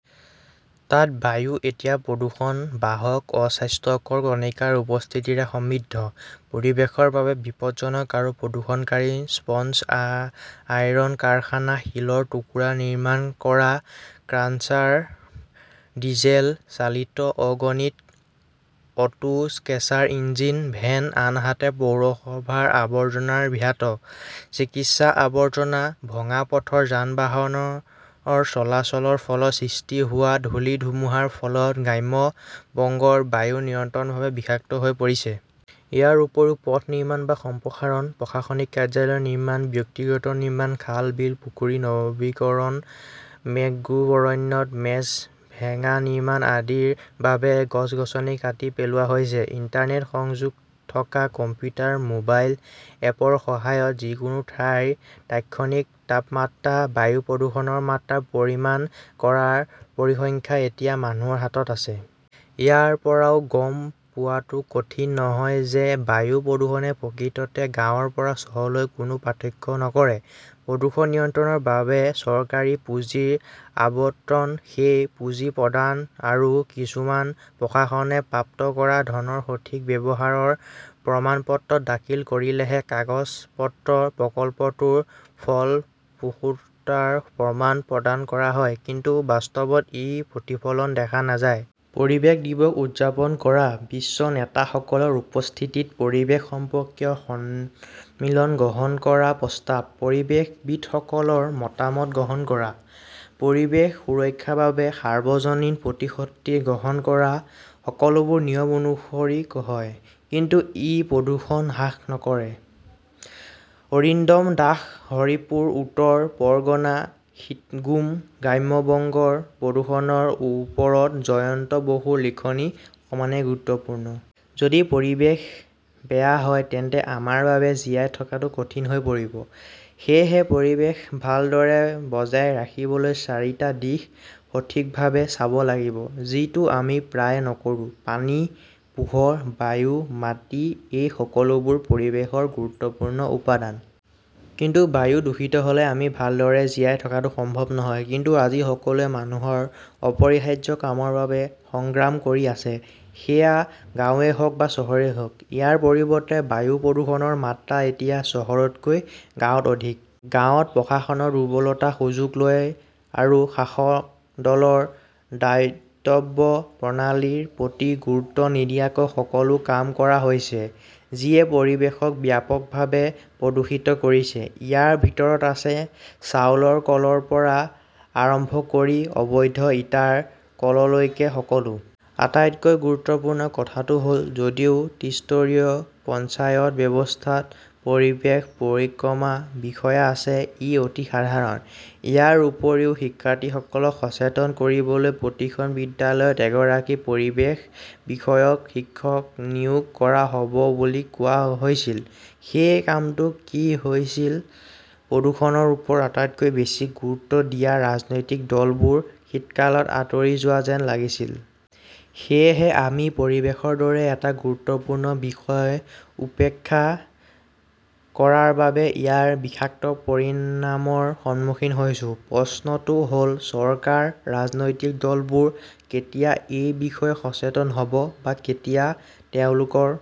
তাত বায়ু এতিয়া প্ৰদূষণ-বাহক অস্বাস্থ্যকৰ কণিকাৰ উপস্থিতিৰে সমৃদ্ধ। পৰিৱেশৰ বাবে বিপদজনক আৰু প্ৰদূষণকাৰী স্পঞ্জ আইৰণ কাৰখানা, শিলৰ টুকুৰা নিৰ্মাণ কৰা ক্ৰাছাৰ, ডিজেল চালিত অগণিত অটো-ট্ৰেকাৰ-ইঞ্জিন ভেন, আনহাতে পৌৰসভাৰ আৱৰ্জনাৰ ভ্যাট, চিকিৎসা আৱৰ্জনা, ভঙা পথৰ যান-বাহনৰ চলাচলৰ ফলত সৃষ্টি হোৱা ধূলিৰ ধুমুহাৰ ফলত গ্ৰাম্য বংগৰ বায়ু নিৰন্তৰভাৱে বিষাক্ত হৈ পৰিছে। ইয়াৰ উপৰিও পথ নিৰ্মাণ বা সম্প্ৰসাৰণ, প্ৰশাসনিক কাৰ্যালয় নিৰ্মাণ, ব্যক্তিগত নিৰ্মাণ, খাল-বিল-পুখুৰীৰ নৱীকৰণ, মেংগ্ৰোভ অৰণ্যত মেছ ভেড়া নিৰ্মাণ আদিৰ বাবে গছ-গছনি কাটি পেলোৱা হৈছে। ইণ্টাৰনেট সংযোগ থকা কম্পিউটাৰ, মোবাইল এপৰ সহায়ত যিকোনো ঠাইৰ তাৎক্ষণিক তাপমাত্ৰা, বায়ু প্ৰদূষণৰ মাত্ৰা পৰিমাপ কৰাৰ পৰিসংখ্যা এতিয়া মানুহৰ হাতত আছে। ইয়াৰ পৰাও গম পোৱাটো কঠিন নহয় যে বায়ু প্ৰদূষণে প্ৰকৃততে গাঁৱৰ পৰা চহৰলৈ কোনো পাৰ্থক্য নকৰে। প্ৰদূষণ নিয়ন্ত্ৰণৰ বাবে চৰকাৰী পুঁজিৰ আবণ্টন, সেই পুঁজি প্ৰদান আৰু কিছুমান প্ৰশাসনে প্ৰাপ্ত কৰা ধনৰ সঠিক ব্যৱহাৰৰ প্ৰমাণপত্ৰ দাখিল কৰিলেহে কাগজ-পত্ৰত প্ৰকল্পটোৰ ফলপ্ৰসূতাৰ প্ৰমাণ প্ৰদান কৰা হয়, কিন্তু বাস্তৱত ইয়াৰ প্ৰতিফলন দেখা নাযায়। পৰিৱেশ দিৱস উদযাপন কৰা, বিশ্ব নেতাসকলৰ উপস্থিতিত পৰিৱেশ সম্পৰ্কীয় সন্মিলনত গ্ৰহণ কৰা প্ৰস্তাৱ, পৰিৱেশবিদসকলৰ মতামত গ্ৰহণ কৰা, পৰিৱেশ সুৰক্ষাৰ বাবে সাৰ্বজনীন প্ৰতিশ্ৰুতি গ্ৰহণ কৰা-সকলোবোৰ নিয়ম অনুসৰি হয়, কিন্তু ই প্ৰদূষণ হ্ৰাস নকৰে। অৰিন্দম দাস হৰিপুৰ, উত্তৰ পৰগনা শীতঘুম গ্ৰাম্য বংগৰ প্ৰদূষণৰ ওপৰত জয়ন্ত বসুৰ লিখনি সমানেই গুৰুত্বপূৰ্ণ। যদি পৰিৱেশ বেয়া হয় তেন্তে আমাৰ বাবে জীয়াই থকাটো কঠিন হৈ পৰিব। সেয়েহে, পৰিৱেশ ভালদৰে বজাই ৰাখিবলৈ চাৰিটা দিশ সঠিকভাৱে চাব লাগিব, যিটো আমি প্ৰায়ে নকৰো। পানী, পোহৰ, বায়ু, মাটি-এই সকলোবোৰ পৰিৱেশৰ গুৰুত্বপূৰ্ণ উপাদান। কিন্তু বায়ু দূষিত হ’লে আমি ভালদৰে জীয়াই থকাটো সম্ভৱ নহয়। কিন্তু আজি সকলোৱে মানুহৰ অপৰিহাৰ্য কামৰ বাবে সংগ্ৰাম কৰি আছে, সেয়া গাঁৱেই হওক বা চহৰেই হওক। ইয়াৰ পৰিৱৰ্তে, বায়ু প্ৰদূষণৰ মাত্ৰা এতিয়া চহৰতকৈ গাঁৱত অধিক। গাঁৱত প্ৰশাসনৰ দুৰ্বলতাৰ সুযোগ লৈ আৰু শাসক দলৰ দাতব্য প্ৰণালীৰ প্ৰতি গুৰুত্ব নিদিয়াকৈ সকলো কাম কৰা হৈছে, যিয়ে পৰিৱেশক ব্যাপকভাৱে প্ৰদূষিত কৰিছে। ইয়াৰ ভিতৰত আছে চাউলৰ কলৰ পৰা আৰম্ভ কৰি অবৈধ ইটাৰ কললৈকে সকলো। আটাইতকৈ গুৰুত্বপূৰ্ণ কথাটো হ’ল, যদিও ত্ৰিস্তৰীয় পঞ্চায়ত ব্যৱস্থাত পৰিৱেশ পৰিক্ৰমা বিষয়া আছে, ই অতি সাধাৰণ। ইয়াৰ উপৰিও, শিক্ষাৰ্থীসকলক সচেতন কৰিবলৈ প্ৰতিখন বিদ্যালয়ত এগৰাকী পৰিৱেশ বিষয়ক শিক্ষক নিয়োগ কৰা হ’ব বুলি কোৱা হৈছিল। সেই কামটো কি হৈছিল প্ৰদূষণৰ ওপৰত আটাইতকৈ বেছি গুৰুত্ব দিয়া ৰাজনৈতিক দলবোৰ শীতকালত আঁতৰি যোৱা যেন লাগিছিল। সেয়েহে আমি পৰিৱেশৰ দৰে এটা গুৰুত্বপূৰ্ণ বিষয় উপেক্ষা কৰাৰ বাবে ইয়াৰ বিষাক্ত পৰিণামৰ সন্মুখীন হৈছো। প্ৰশ্নটো হ’ল, চৰকাৰ, ৰাজনৈতিক দলবোৰে কেতিয়া এই বিষয়ে সচেতন হ’ব, বা কেতিয়া তেওঁলোকৰ